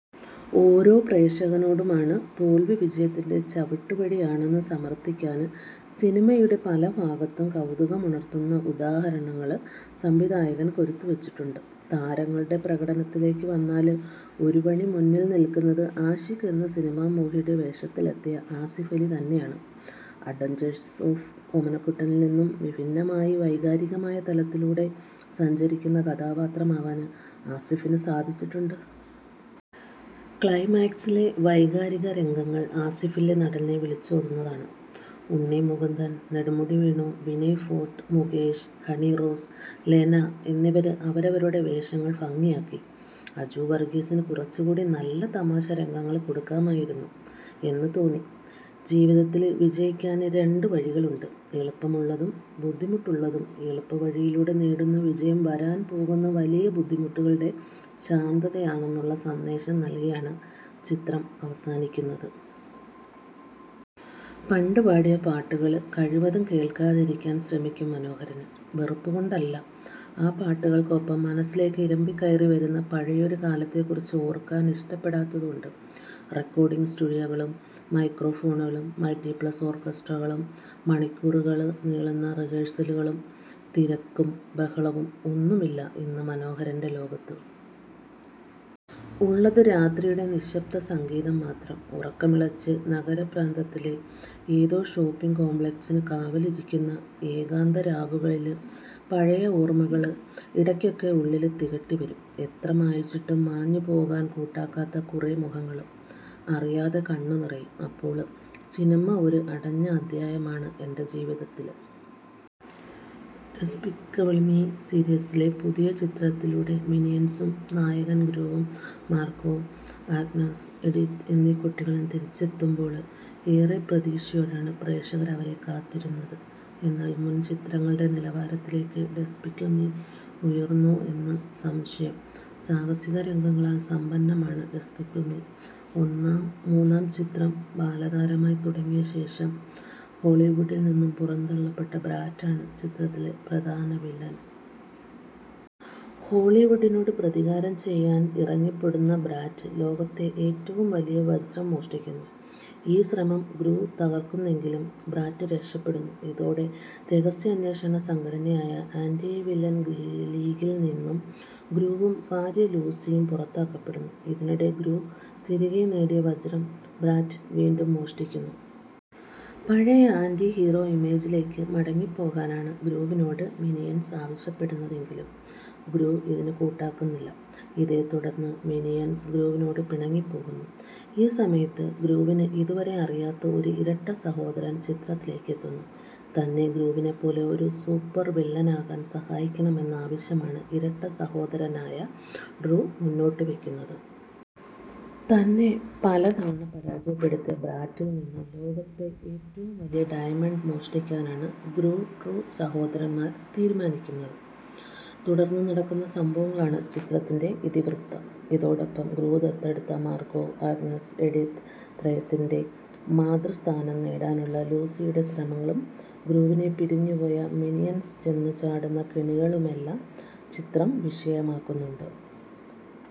ഓരോ പ്രേക്ഷകനോടുമാണ്. തോല്വി വിജയത്തിന്റെ ചവിട്ടുപടിയാണെന്ന് സമര്ഥിക്കാന് സിനിമയുടെ പലഭാഗത്തും കൗതുകമുണര്ത്തുന്ന ഉദാഹരണങ്ങള് സംവിധായകന് കൊരുത്തുവച്ചിട്ടുണ്ട്. താരങ്ങളുടെ പ്രകടനത്തിലേക്ക് വന്നാല് ഒരുപടി മുന്നില് നില്ക്കുന്നത് ആഷിക് എന്ന് സിനിമാമോഹിയുടെ വേഷത്തിലെത്തിയ ആസിഫ് അലി തന്നെയാണ്. അഡ്വെഞ്ചേഴ്സ് ഓഫ് ഓമനക്കുട്ടനില് നിന്നും വിഭിന്നമായി വൈകാരികമായ തലത്തിലൂടെ സഞ്ചരിക്കുന്ന കഥാപാത്രമാവാന് ആസിഫിന് സാധിച്ചിട്ടുണ്ട്. ക്ലൈമാക്സിലെ വൈകാരിക രംഗങ്ങള് ആസിഫിലെ നടനെ വിളിച്ചോതുന്നതാണ്. ഉണ്ണി മുകുന്ദന്, നെടുമുടി വേണു, വിനയ്ഫോര്ട്ട്, മുകേഷ്, ഹണിറോസ്, ലെന എന്നിവര് അവരവരുടെ വേഷങ്ങള് ഭംഗിയാക്കി. അജു വര്ഗീസിന് കുറച്ചുകൂടി നല്ല തമാശരംഗങ്ങള് കൊടുക്കാമായിരുന്നു എന്നു തോന്നി. ജീവിതത്തില് വിജയിക്കാന് രണ്ട് വഴികളുണ്ട്. എളുപ്പമുള്ളതും ബുദ്ധിമുട്ടുള്ളതും. എളുപ്പവഴിയിലൂടെ നേടുന്ന വിജയം വരാന് പോകുന്ന വലിയ ബുദ്ധിമുട്ടുകളുടെ ശാന്തതയാണെന്നുള്ള സന്ദേശം നല്കിയാണ് ചിത്രം അവസാനിക്കുന്നത്. പണ്ട് പാടിയ പാട്ടുകള് കഴിവതും കേള്ക്കാതിരിക്കാന് ശ്രമിക്കും മനോഹരന്. വെറുപ്പ് കൊണ്ടല്ല; ആ പാട്ടുകള്ക്കൊപ്പം മനസ്സിലേക്ക് ഇരമ്പിക്കയറിവരുന്ന പഴയൊരു കാലത്തെ കുറിച്ച് ഓര്ക്കാന് ഇഷ്ടപ്പെടാത്തത് കൊണ്ട്. റെക്കോര്ഡിംഗ് സ്റ്റുഡിയോകളും മൈക്രോഫോണുകളും മള്ട്ടി പീസ് ഓര്ക്കസ്ട്രകളും മണിക്കൂറുകള് നീളുന്ന റിഹേഴ്സലുകളും തിരക്കും ബഹളവും ഒന്നുമില്ല ഇന്ന് മനോഹരന്റെ ലോകത്ത്. ഉള്ളത് രാത്രിയുടെ നിശബ്ദസംഗീതം മാത്രം. ഉറക്കമിളച്ച്, നഗരപ്രാന്തത്തിലെ ഏതോ ഷോപ്പിംഗ് കോംപ്ലക്സിനു കാവലിരിക്കുന്ന ഏകാന്ത രാവുകളില് പഴയ ഓര്മ്മകള് ഇടയ്ക്കൊക്കെ ഉള്ളില് തികട്ടി വരും; എത്ര മായ്ച്ചിട്ടും മാഞ്ഞു പോകാന് കൂട്ടാക്കാത്ത കുറെ മുഖങ്ങളും. അറിയാതെ കണ്ണ് നിറയും അപ്പോള്. ''സിനിമ ഒരു അടഞ്ഞ അധ്യായമാണ് എന്റെ ജീവിതത്തില്. ഡെസ്പിക്കബിള് മി സീരീസിലെ പുതിയ ചിത്രത്തിലൂടെ മിനിയന്സും നായകന് ഗ്രൂവും മാര്ഗോ, ആഗ്നസ്, എഡിത്ത് എന്നീ കുട്ടികളും തിരിച്ചെത്തുമ്പോള് ഏറെ പ്രതീക്ഷയോടെയാണ് പ്രേക്ഷകര് അവരെ കാത്തിരുന്നത്. എന്നാല്, മുന് ചിത്രങ്ങളുടെ നിലവാരത്തിലേക്ക് ഡെസ്പിക്കബിള് മി ഉയര്ന്നോ എന്ന് സംശയം. സാഹസിക രംഗങ്ങളാല് സമ്പന്നമാണ് ഡെസ്പിക്കബിള് ഒന്നാം മൂന്നാം ചിത്രം. ബാലതാരമായി തുടങ്ങിയ ശേഷം ഹോളിവുഡില് നിന്ന് പുറന്തള്ളപ്പെട്ട ബ്രാറ്റ് ആണ് ചിത്രത്തിലെ പ്രധാനവില്ലന്. ഹോളിവുഡിനോട് പ്രതികാരം ചെയ്യാന് ഇറങ്ങിപ്പുറപ്പെടുന്ന ബ്രാറ്റ് ലോകത്തെ ഏറ്റവും വലിയ വജ്രം മോഷ്ടിക്കുന്നു. ഈ ശ്രമം ഗ്രൂ തകര്ക്കുന്നെങ്കിലും ബ്രാറ്റ് രക്ഷപ്പെടുന്നു. ഇതോടെ രഹസ്യാന്വേഷണ സംഘടനയായ ആന്റി വില്ലന് ലീഗില് നിന്ന് ഗ്രൂവും ഭാര്യ ലൂസിയും പുറത്താക്കപ്പെടുന്നു. ഇതിനിടെ ഗ്രൂ തിരികെ നേടിയ വജ്രം ബ്രാറ്റ് വീണ്ടും മോഷ്ടിക്കുന്നു. പഴയ ആന്റി ഹീറോ ഇമേജിലേക്ക് മടങ്ങിപ്പോകാനാണ് ഗ്രൂവിനോട് മിനിയന്സ് ആവശ്യപ്പെടുന്നെങ്കിലും ഗ്രൂ ഇതിന് കൂട്ടാക്കുന്നില്ല. ഇതേത്തുടര്ന്ന് മിനിയന്സ് ഗ്രൂവിനോട് പിണങ്ങിപ്പോകുന്നു. ഈ സമയത്ത് ഗ്രൂവിന് ഇതുവരെ അറിയാത്ത ഒരു ഇരട്ട സഹോദരന് ചിത്രത്തിലേക്ക് എത്തുന്നു. തന്നെ ഗ്രൂവിനെപ്പോലെ ഒരു സൂപ്പര് വില്ലനാകാന് സഹായിക്കണമെന്ന ആവശ്യമാണ് ഇരട്ട സഹോദരനായ ഡ്രൂ മുന്നോട്ടുവെക്കുന്നത്. തന്നെ പലതവണ പരാജയപ്പെടുത്തിയ ബ്രാറ്റില് നിന്ന് ലോകത്തെ ഏറ്റവും വലിയ ഡയമണ്ട് മോഷ്ടിക്കാന് ഗ്രൂഡ്രൂ സഹോദരന്മാര് തീരുമാനിക്കുന്നു. തുടര്ന്ന് നടക്കുന്ന സംഭവങ്ങളാണ് ചിത്രത്തിന്റെ ഇതിവൃത്തം. ഇതോടൊപ്പം, ഗ്രൂ ദത്തെടുത്ത മാര്ഗോആഗ്നസ്എഡിത്ത് ത്രയത്തിന്റെ മാതൃസ്ഥാനം നേടാനുള്ള ലൂസിയുടെ ശ്രമങ്ങളും ഗ്രൂവിനെ പിരിഞ്ഞുപോയ മിനിയന്സ് ചെന്നുചാടുന്ന കെണികളുമെല്ലാം ചിത്രം വിഷയമാക്കുന്നുണ്ട്.